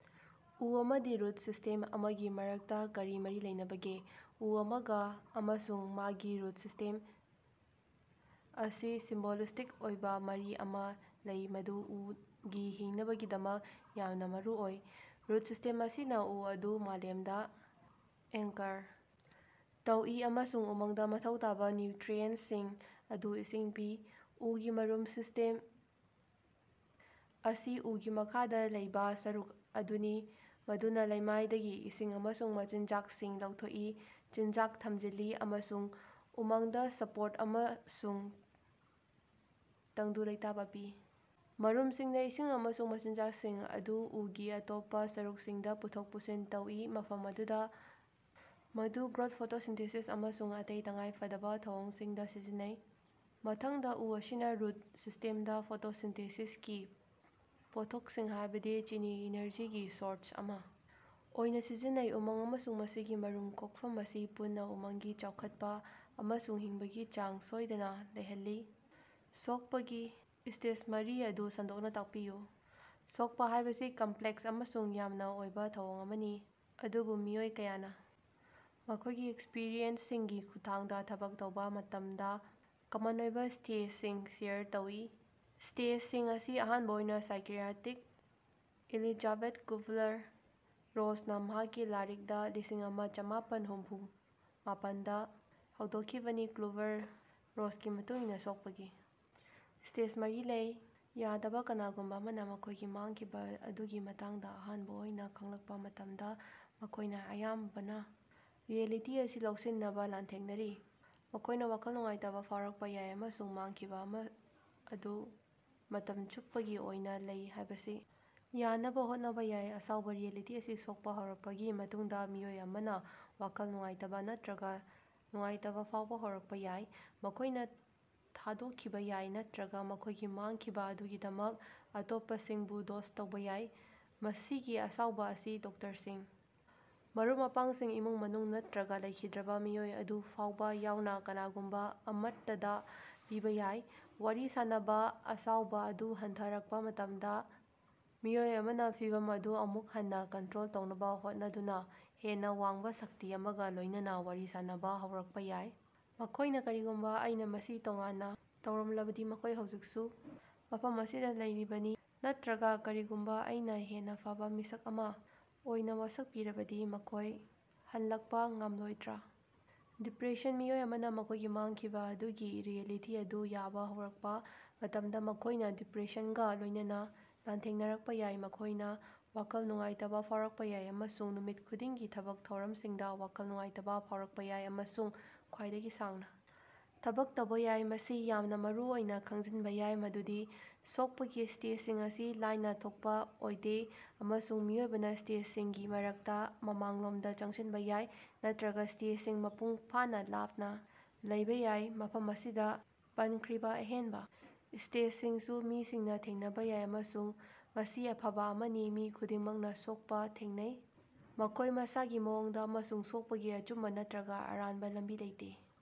ꯎ ꯑꯃꯗꯤ root system ꯑꯃꯒꯤ ꯃꯔꯛꯇꯥ ꯀꯔꯤ ꯃꯔꯤ ꯂꯩꯅꯕꯒꯦ? ꯎ ꯑꯃꯒꯥ ꯑꯃꯁꯨꯡ ꯃꯥꯒꯤ ꯔꯨꯠ ꯁꯤꯁ꯭ꯇꯦꯝ ꯑꯁꯤ ꯁꯤꯝꯕꯣꯂꯤꯁꯇꯤꯛ ꯑꯣꯏꯕꯥ ꯃꯔꯤ ꯑꯃꯥ ꯂꯩ ꯃꯗꯨ ꯎꯒꯤ ꯍꯤꯡꯅꯕꯒꯤꯗꯃꯛ ꯌꯥꯝꯅꯥ ꯃꯔꯨꯑꯣꯏ꯫ ꯔꯨꯠ ꯁꯤꯁ꯭ꯇꯦꯝ ꯑꯁꯤꯅꯥ ꯎ ꯑꯗꯨ ꯃꯥꯂꯦꯝꯗꯥ ꯑꯦꯡꯀꯔ ꯇꯧꯏ ꯑꯃꯁꯨꯡ ꯎꯃꯪꯗꯥ ꯃꯊꯧ ꯇꯥꯕꯥ ꯅ꯭ꯌꯨꯇ꯭ꯔꯤꯑꯦꯟꯠꯁꯤꯡ ꯑꯗꯨ ꯏꯁꯤꯡ ꯄꯤ꯫ ꯎꯒꯤ ꯃꯔꯨꯝ ꯁꯤꯁ꯭ꯇꯦꯝ ꯑꯁꯤ ꯎꯒꯤ ꯃꯈꯥꯗꯥ ꯂꯩꯕꯥ ꯁꯔꯨꯛ ꯑꯗꯨꯅꯤ ꯃꯗꯨꯅꯥ ꯂꯩꯃꯥꯏꯗꯒꯤ ꯏꯁꯤꯡ ꯑꯃꯁꯨꯡ ꯃꯆꯤꯟꯖꯥꯛꯁꯤꯡ ꯂꯧꯊꯣꯛꯏ ꯆꯤꯟꯖꯥꯛ ꯊꯝꯖꯤꯜꯂꯤ ꯑꯃꯁꯨꯡ ꯎꯃꯪꯗꯥ ꯁꯄꯣꯔꯠ ꯑꯃꯁꯨꯡ ꯇꯪꯗꯨ ꯂꯩꯇꯥꯕꯥ ꯄꯤ꯫ ꯃꯔꯨꯝꯁꯤꯡꯅꯥ ꯏꯁꯤꯡ ꯑꯃꯁꯨꯡ ꯃꯆꯤꯟꯖꯥꯛꯁꯤꯡ ꯑꯗꯨ ꯎꯒꯤ ꯑꯇꯣꯞꯄꯥ ꯁꯔꯨꯛꯁꯤꯡꯗꯥ ꯄꯨꯊꯣꯛ ꯄꯨꯁꯤꯟ ꯇꯧꯏ ꯃꯐꯝ ꯑꯗꯨꯗꯥ ꯃꯗꯨ ꯒ꯭ꯔꯣꯊ ꯐꯣꯇꯣꯁꯤꯟꯊꯦꯁꯤꯁ ꯑꯃꯁꯨꯡ ꯑꯇꯩ ꯇꯉꯥꯏꯐꯗꯕꯥ ꯊꯧꯑꯣꯡꯁꯤꯡꯗꯥ ꯁꯤꯖꯤꯟꯅꯩ꯫ ꯃꯊꯪꯗꯥ ꯎ ꯑꯁꯤꯅꯥ ꯔꯨꯠ ꯁꯤꯁ꯭ꯇꯦꯝꯗꯥ ꯐꯣꯇꯣꯁꯤꯟꯊꯦꯁꯤꯁꯀꯤ ꯄꯣꯠꯊꯣꯛꯁꯤꯡ ꯍꯥꯏꯕꯗꯤ ꯆꯤꯅꯤ ꯏꯅꯔꯖꯤꯒꯤ ꯁꯣꯔꯁ ꯑꯃꯥ ꯑꯣꯏꯅꯥ ꯁꯤꯖꯤꯟꯅꯩ꯫ ꯎꯃꯪ ꯑꯃꯁꯨꯡ ꯃꯁꯤꯒꯤ ꯃꯔꯨꯝ ꯀꯣꯛꯐꯝ ꯑꯁꯤ ꯄꯨꯟꯅꯥ ꯎꯃꯪꯒꯤ ꯆꯥꯎꯈꯠꯄꯥ ꯑꯃꯁꯨꯡ ꯍꯤꯡꯕꯒꯤ ꯆꯥꯡ ꯁꯣꯏꯗꯅꯥ ꯂꯩꯍꯜꯂꯤ꯫ ꯁꯣꯛꯄꯒꯤ ꯁ꯭ꯇꯦꯖ ꯃꯔꯤ ꯑꯗꯨ ꯁꯟꯗꯣꯛꯅꯥ ꯇꯥꯛꯄꯤꯌꯨ꯫ ꯁꯣꯛꯄꯥ ꯍꯥꯏꯕꯁꯤ ꯀꯝꯄ꯭ꯂꯦꯛꯁ ꯑꯃꯁꯨꯡ ꯌꯥꯝꯅꯥ ꯑꯣꯏꯕꯥ ꯊꯧꯑꯣꯡ ꯑꯃꯅꯤ ꯑꯗꯨꯕꯨ ꯃꯤꯑꯣꯏ ꯀꯌꯥꯅꯥ ꯃꯈꯣꯏꯒꯤ ꯑꯦꯛꯁꯄꯔꯤꯌꯦꯟꯁꯁꯤꯡꯒꯤ ꯈꯨꯠꯊꯥꯡꯗꯥ ꯊꯕꯛ ꯇꯧꯕꯥ ꯃꯇꯝꯗꯥ ꯀꯃꯟ ꯑꯣꯏꯕꯥ ꯁ꯭ꯇꯦꯖꯁꯤꯡ ꯁꯦꯌꯔ ꯇꯧꯏ꯫ ꯁ꯭ꯇꯦꯖꯁꯤꯡ ꯑꯁꯤ ꯑꯍꯥꯟꯕꯥ ꯑꯣꯏꯅꯥ ꯁꯥꯏꯀꯤꯌꯥꯇ꯭ꯔꯤꯛ ꯑꯦꯂꯤꯖꯥꯕꯦꯊ ꯀꯨꯕꯂꯔ ꯔꯣꯁꯅꯥ ꯃꯍꯥꯛꯀꯤ ꯂꯥꯏꯔꯤꯛ ꯗꯥ ꯂꯤꯁꯤꯡ ꯑꯃ ꯆꯃꯥꯄꯟ ꯍꯨꯝꯐꯨ ꯃꯥꯄꯟꯗ ꯍꯧꯗꯣꯛꯈꯤꯕꯅꯤ ꯀꯨꯕꯂꯔ ꯔꯣꯁꯀꯤ ꯃꯇꯨꯡ ꯏꯟꯅ ꯁꯣꯛꯄꯒꯤ ꯁ꯭ꯇꯦꯖ ꯃꯔꯤ ꯂꯩ ꯌꯥꯗꯕꯥ ꯀꯅꯥꯒꯨꯝꯕꯥ ꯑꯃꯅꯥ ꯃꯈꯣꯏꯒꯤ ꯃꯥꯡꯈꯤꯕꯥ ꯑꯗꯨꯒꯤ ꯃꯇꯥꯡꯗꯥ ꯑꯍꯥꯟꯕꯥ ꯑꯣꯏꯅꯥ ꯈꯪꯂꯛꯄꯥ ꯃꯇꯝꯗ ꯃꯈꯣꯏꯅꯥ ꯑꯌꯥꯝꯕꯅꯥ ꯔꯤꯑꯦꯂꯤꯇꯤ ꯑꯁꯤ ꯂꯧꯁꯤꯟꯅꯕꯥ ꯂꯥꯟꯊꯦꯡꯅꯔꯤ꯫ ꯃꯈꯣꯏꯅꯥ ꯋꯥꯈꯜ ꯅꯨꯡꯉꯥꯏꯇꯕꯥ ꯐꯥꯎꯔꯛꯄꯥ ꯌꯥꯏ ꯑꯃꯁꯨꯡ ꯃꯥꯡꯈꯤꯕꯥ ꯑꯃꯥ ꯑꯗꯨ ꯃꯇꯝ ꯆꯨꯞꯄꯒꯤ ꯑꯣꯏꯅꯥ ꯂꯩ ꯍꯥꯏꯕꯁꯤ ꯌꯥꯅꯕꯥ ꯍꯣꯠꯅꯕꯥ ꯌꯥꯏ꯫ ꯑꯁꯥꯎꯕꯥ ꯔꯤꯑꯦꯂꯤꯇꯤ ꯑꯁꯤ ꯁꯣꯛꯄꯥ ꯍꯧꯔꯛꯄꯒꯤ ꯃꯇꯨꯡꯗꯥ ꯃꯤꯑꯣꯏ ꯑꯃꯅꯥ ꯋꯥꯈꯜ ꯅꯨꯡꯉꯥꯏꯇꯕꯥ ꯅꯠꯇ꯭ꯔꯒꯥ ꯅꯨꯡꯉꯥꯏꯇꯕꯥ ꯐꯥꯎꯕꯥ ꯍꯧꯔꯛꯄꯥ ꯌꯥꯏ꯫ ꯃꯈꯣꯏꯅꯥ ꯊꯥꯗꯣꯛꯈꯤꯕꯥ ꯌꯥꯏ ꯅꯠꯇ꯭ꯔꯒꯥ ꯃꯈꯣꯏꯒꯤ ꯃꯥꯡꯈꯤꯕꯥ ꯑꯗꯨꯒꯤꯗꯃꯛ ꯑꯇꯣꯞꯄꯁꯤꯡꯕꯨ ꯗꯣꯁ ꯇꯧꯕꯥ ꯌꯥꯏ꯫ ꯃꯁꯤꯒꯤ ꯑꯁꯥꯎꯕꯥ ꯑꯁꯤ ꯗꯣꯛꯇꯔꯁꯤꯡ ꯃꯔꯨꯞ ꯃꯄꯥꯡꯁꯤꯡ ꯏꯃꯨꯡ ꯃꯅꯨꯡ ꯅꯠꯇ꯭ꯔꯒꯥ ꯂꯩꯈꯤꯗ꯭ꯔꯕꯥ ꯃꯤꯑꯣꯏ ꯑꯗꯨ ꯐꯥꯎꯕꯥ ꯌꯥꯎꯅꯥ ꯀꯅꯥꯒꯨꯝꯕꯥ ꯑꯃꯠꯇꯗꯥ ꯄꯤꯕꯥ ꯌꯥꯏ꯫ ꯋꯥꯔꯤ ꯁꯥꯅꯕꯥ ꯑꯁꯥꯎꯕꯥ ꯑꯗꯨ ꯍꯟꯊꯔꯛꯄꯥ ꯃꯇꯝꯗꯥ ꯃꯤꯑꯣꯏ ꯑꯃꯅꯥ ꯐꯤꯚꯝ ꯑꯗꯨ ꯑꯃꯨꯛ ꯍꯟꯅꯥ ꯀꯟꯇ꯭ꯔꯣꯜ ꯇꯧꯅꯕꯥ ꯍꯣꯠꯅꯗꯨꯅꯥ ꯍꯦꯟꯅꯥ ꯋꯥꯡꯕꯥ ꯁꯛꯇꯤ ꯑꯃꯒꯥ ꯂꯣꯏꯅꯅꯥ ꯋꯥꯔꯤ ꯁꯥꯅꯕꯥ ꯍꯧꯔꯛꯄꯥ ꯌꯥꯏ꯫ ꯃꯈꯣꯏꯅꯥ ꯀꯔꯤꯒꯨꯝꯕꯥ ꯑꯩꯅꯥ ꯃꯁꯤ ꯇꯣꯉꯥꯟꯅꯥ ꯇꯧꯔꯝꯂꯕꯗꯤ ꯃꯈꯣꯏ ꯍꯧꯖꯤꯛꯁꯨ ꯃꯐꯝ ꯑꯁꯤꯗꯥ ꯂꯩꯔꯤꯕꯅꯤ ꯅꯠꯇ꯭ꯔꯒꯥ ꯀꯔꯤꯒꯨꯝꯕꯥ ꯑꯩꯅꯥ ꯍꯦꯟꯅꯥ ꯐꯕꯥ ꯃꯤꯁꯛ ꯑꯃꯥ ꯑꯣꯏꯅꯥ ꯋꯥꯁꯛꯄꯤꯔꯕꯗꯤ ꯃꯈꯣꯏ ꯍꯜꯂꯛꯄꯥ ꯉꯝꯂꯣꯏꯗ꯭ꯔꯥ? ꯗꯤꯄ꯭ꯔꯦꯁꯟ ꯃꯤꯑꯣꯏ ꯑꯃꯅꯥ ꯃꯈꯣꯏꯒꯤ ꯃꯥꯡꯈꯤꯕꯥ ꯑꯗꯨꯒꯤ ꯔꯤꯑꯦꯂꯤꯇꯤ ꯑꯗꯨ ꯌꯥꯕꯥ ꯍꯧꯔꯛꯄꯥ ꯃꯇꯝꯗ ꯃꯈꯣꯏꯅꯥ ꯗꯤꯄ꯭ꯔꯦꯁꯟꯒꯥ ꯂꯣꯏꯅꯅꯥ ꯂꯥꯟꯊꯦꯡꯅꯔꯛꯄꯥ ꯌꯥꯏ꯫ ꯃꯈꯣꯏꯅꯥ ꯋꯥꯈꯜ ꯅꯨꯡꯉꯥꯏꯇꯕꯥ ꯐꯥꯎꯔꯛꯄꯥ ꯌꯥꯏ ꯑꯃꯁꯨꯡ ꯅꯨꯃꯤꯠ ꯈꯨꯗꯤꯡꯒꯤ ꯊꯕꯛ ꯊꯧꯔꯝꯁꯤꯡꯗꯥ ꯋꯥꯈꯜ ꯅꯨꯡꯉꯥꯏꯇꯕꯥ ꯐꯥꯎꯔꯛꯄꯥ ꯌꯥꯏ꯫ ꯑꯃꯁꯨꯡ ꯈ꯭ꯋꯥꯏꯗꯒꯤ ꯁꯥꯡꯅꯥ ꯊꯕꯛ ꯇꯧꯕꯥ ꯌꯥꯏ꯫ ꯃꯁꯤ ꯌꯥꯝꯅꯥ ꯃꯔꯨꯑꯣꯏꯅꯥ ꯈꯪꯖꯤꯟꯕꯥ ꯌꯥꯏ ꯃꯗꯨꯗꯤ ꯁꯣꯛꯄꯒꯤ ꯁ꯭ꯇꯦꯖꯁꯤꯡ ꯑꯁꯤ ꯂꯥꯏꯅꯥ ꯊꯣꯛꯄꯥ ꯑꯣꯏꯗꯦ ꯑꯃꯁꯨꯡ ꯃꯤꯑꯣꯏꯕꯅꯥ ꯁ꯭ꯇꯦꯖꯁꯤꯡꯒꯤ ꯃꯔꯛꯇꯥ ꯃꯃꯥꯡꯂꯣꯝꯗꯥ ꯆꯪꯁꯤꯟꯕꯥ ꯌꯥꯏ ꯅꯠꯇ꯭ꯔꯒꯥ ꯁ꯭ꯇꯦꯖꯁꯤꯡ ꯃꯄꯨꯡ ꯐꯥꯅꯥ ꯂꯥꯞꯅꯥ ꯂꯩꯕꯥ ꯌꯥꯏ꯫ ꯃꯐꯝ ꯑꯁꯤꯗꯥ ꯄꯟꯈ꯭ꯔꯤꯕꯥ ꯑꯍꯦꯟꯕꯥ ꯁ꯭ꯇꯦꯖꯁꯤꯡꯁꯨ ꯃꯤꯁꯤꯡꯅꯥ ꯊꯦꯡꯅꯕꯥ ꯌꯥꯏ ꯑꯃꯁꯨꯡ ꯃꯁꯤ ꯑꯐꯕꯥ ꯑꯃꯅꯤ꯫ ꯃꯤ ꯈꯨꯗꯤꯡꯃꯛꯅꯥ ꯁꯣꯛꯄꯥ ꯊꯦꯡꯅꯩ꯫ ꯃꯈꯣꯏ ꯃꯁꯥꯒꯤ ꯃꯑꯣꯡꯗꯥ ꯑꯃꯁꯨꯡ ꯁꯣꯛꯄꯒꯤ ꯑꯆꯨꯝꯕꯥ ꯅꯠꯇ꯭ꯔꯒꯥ ꯑꯔꯥꯟꯕꯥ ꯂꯝꯕꯤ ꯂꯩꯇꯦ꯫